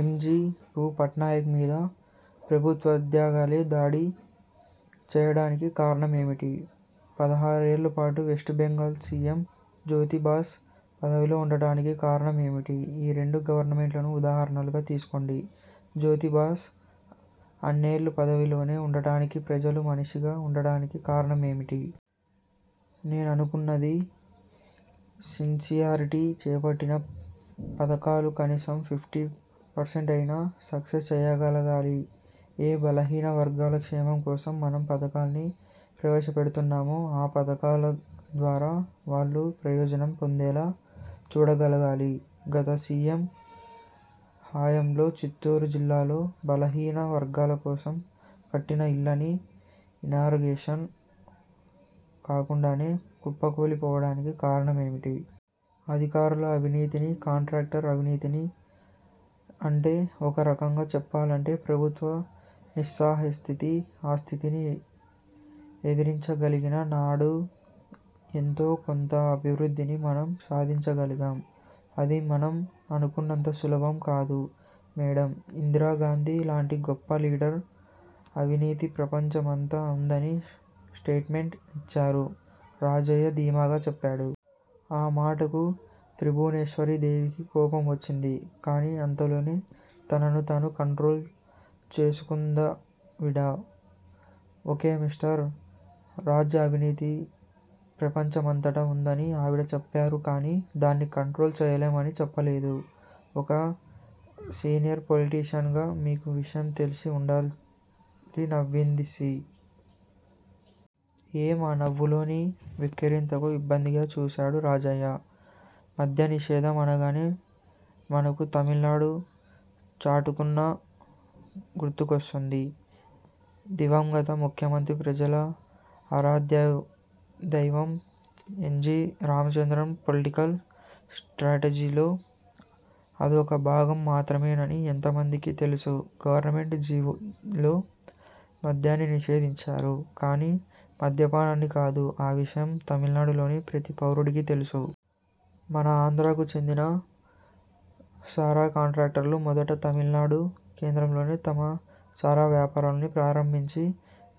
ఎం. G బూ పట్నాయక్ మీద ప్రభుత్వోద్యోగులే దాడి చెయ్యడానికి కారణం ఏమిటి? పదహారేళ్ళ పాటు west Bengal C M Jyoti Basu పదవిలో ఉండడానికి కారణం ఏమిటి? ఈ రెండు గవర్నమెంట్లనూ, ఉదాహరణలుగా తీసుకోండి జ్యోతి బసు అన్నేళ్ళు పదవిలో ఉండడానికి, ప్రజల మనిషిగా ఉండడానికి కారణం ఏమిటి? నేననుకునేది సిన్సియార్టీ చేపట్టిన పధకాలు కనీసం ఫిఫ్టీ పర్సెంట్ అయినా సక్సస్ చెయ్యగలగాలి ఏ బలహీన వర్గాల క్షేమం కోసం, మనం పధకాల్ని ప్రవేశపెడుతున్నామో ఆ పధకాల ద్వారా వాళ్ళు ప్రయోజనం పొందేలా చూడగలగాలి గత సి. ఎమ్. హయాంలో చిత్తూరు జిల్లాలో బలహీన వర్గాల కోసం కట్టిన ఇళ్ళన్నీ, ఇనాగరేషన్ కాకుండానే కుప్పకూలిపోవడానికి కారణం ఏమిటి? అధికారుల అవినీతి- కంట్రాక్టర్ల అవినీతి అంటే ఒక రకంగా చెప్పాలంటే ప్రభుత్వ నిస్సహాయస్థితి ఆ స్థితిని ఎదిరించగలిగిన నాడు ఎంతో కొంత అభివృద్దిని మనం సాధించగలం అది మనం అనుకున్నంత సులభం కాదు మేడమ్ ఇందిరాగాంధీ లాంటి గొప్ప లీడర్ అవినీతి ప్రపంచమంతా ఉందని స్టేట్ మెంటు ఇచ్చారు రాజయ్య ధీమాగా చెప్పాడు. ఆ మాటకు త్రిభువనేశ్వరీ దేవికి కోపం వచ్చింది. కానీ అంతలోనే తనను తాను కంట్రోల్ చేసుకుందావిడ. ఒ. కే మిస్టర్ రాజ్యా అవినీతి ప్రపంచమంతటా ఉందని ఆవిడ చెప్పారు కానీ దాన్ని కంట్రోల్ చెయ్యలేం అని చెప్పలేదు. ఒక సీనియర్ పొలిటీషియన్ గా మీకా విషయం తెలిసీ ఉండాలి నవ్వింది సి. ఎమ్. ఆ నవ్వులోని వెక్కిరింతకు ఇబ్బందిగా చూసాడు రాజయ్య. మద్యనిషేధం అనగానే మనకు తమిళనాడు చటుక్కున గుర్తుకొస్తుంది. దివంగత ముఖ్యమంత్రి, ప్రజల ఆరాధ్యదైవం ఎంజి రామచంద్రన్ పొలిటికల్ స్ట్రేటజీలో అదొక భాగం మాత్రమేనని ఎంతమందికి తెలుసు గవర్నమెంట్ జీవోల్లో మద్యాన్ని నిషేధించారు. కానీ మద్యపానాన్ని కాదు ఆ విషయం తమిళనాడులోని ప్రతి పౌరుడికీ తెలుసు. మన ఆంధ్రాకు చెందిన సారా కాంట్రాక్టర్లు మొదట తమిళనాడు కేంద్రంగానే తమ సారా వ్యాపారాన్ని ప్రారంభించి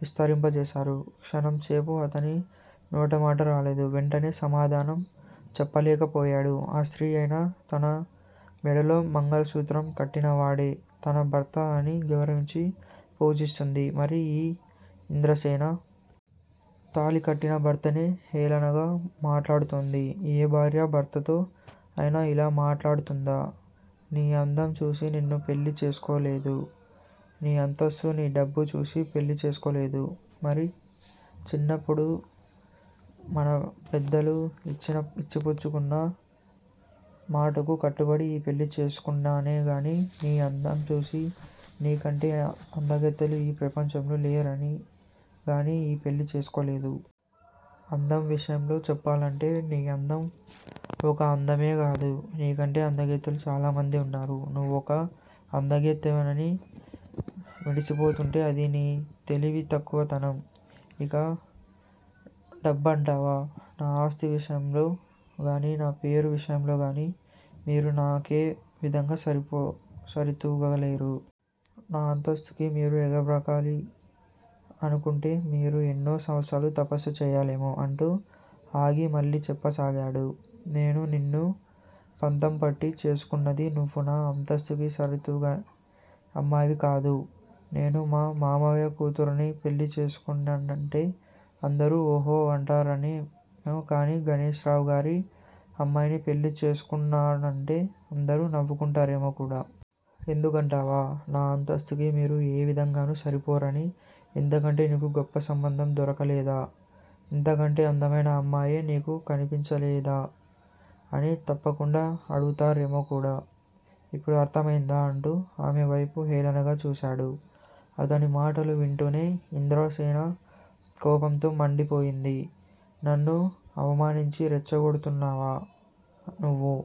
విస్తరింప చేశారు. క్షణంసేపు అతని నోటమాట రాలేదు. వెంటనే సమాధానం చెప్పలేకపోయాడు. ఆ స్త్రీ అయినా తన మెడలో మంగళసూత్రం కట్టినవాడే తన భర్త అని గౌరవించి పూజిస్తుంది మరి ఈ ఇంద్ర సేన! తాళికట్టిన భర్తనే హేళనగా మాట్లాడుతుంది. ఏ భార్య భర్తతో అయినా ఇలా మాట్లాడుతుందా? నీ అందం చూసి నిన్ను పెళ్ళి చేసుకోలేదు. నీ అంతస్తు, నీ డబ్బు చూసి పెళ్ళి చేసుకోలేదు. మరి! చిన్నపుడు మన పెద్దలు ఇచ్చి పుచ్చుకున్న మాటకు కట్టుబడి ఈ పెళ్ళి చేసుకున్నానే గాని నీ అందంచూసి నీకంటే అందగత్తెలు ఈ ప్రపంచంలో లేరని గాని ఈ పెళ్ళి చేసుకోలేదు. అందం విషయంలో చెప్పాలంటే నీ అందం ఒక అందమే కాదు. నీకంటే అందగత్తెలు చాలామంది ఉన్నారు. నువ్వు ఒక అందగత్తెవని మిడిసి పోతుంటే అది నీ తెలివి తక్కువ తనం. ఇక డబ్బంటావా! నా ఆస్తి విషయంలో గాని నా పేరు విషయంలో గాని మీరు నాకే విధంగా సరితూగలేరు. నా అంతస్తుకి మీరు ఎగబ్రాకాలి అనుకుంటే మీరు ఎన్నో సంవత్సరాలు తపస్సు చెయ్యాలేమో! అంటూ ఆగి మళ్ళీ చెప్ప సాగాడు. నేను నిన్ను పంతం పట్టి చేసుకున్నది నువ్వు నా అంతస్తుకి సరితూగే అమ్మాయివికాదు. నేను మా మామయ్య కూతురిని పెళ్ళి చేసుకున్నానంటే అందరూ ఓహో అంటారేమో కాని గణేశ్ రావు గారి అమ్మాయిని పెళ్ళి చేసుకున్నానంటే అందరూ నవ్వుకుంటారేమో కూడా. ఎందుకు అంటావా? నా అంతస్తుకి మీరు ఏ విధంగాను సరిపోరని ఇంతకంటే నీకు గొప్ప సంబంధం దొరకలేదా! ఇంతకంటే అందమైన అమ్మాయే నీకు కనిపించలేదా అని తప్పకుండా అడుగుతారేమో కూడా, ఇప్పుడు అర్ధమైందా అంటూ ఆమె వైపు హేళనగా చూశాడు. అతని మాటలు వింటూనే ఇంద్ర సేన కోపంతో మండి పోయింది. నన్ను అవమానించి రెచ్చగొడుతున్నావా నువ్వు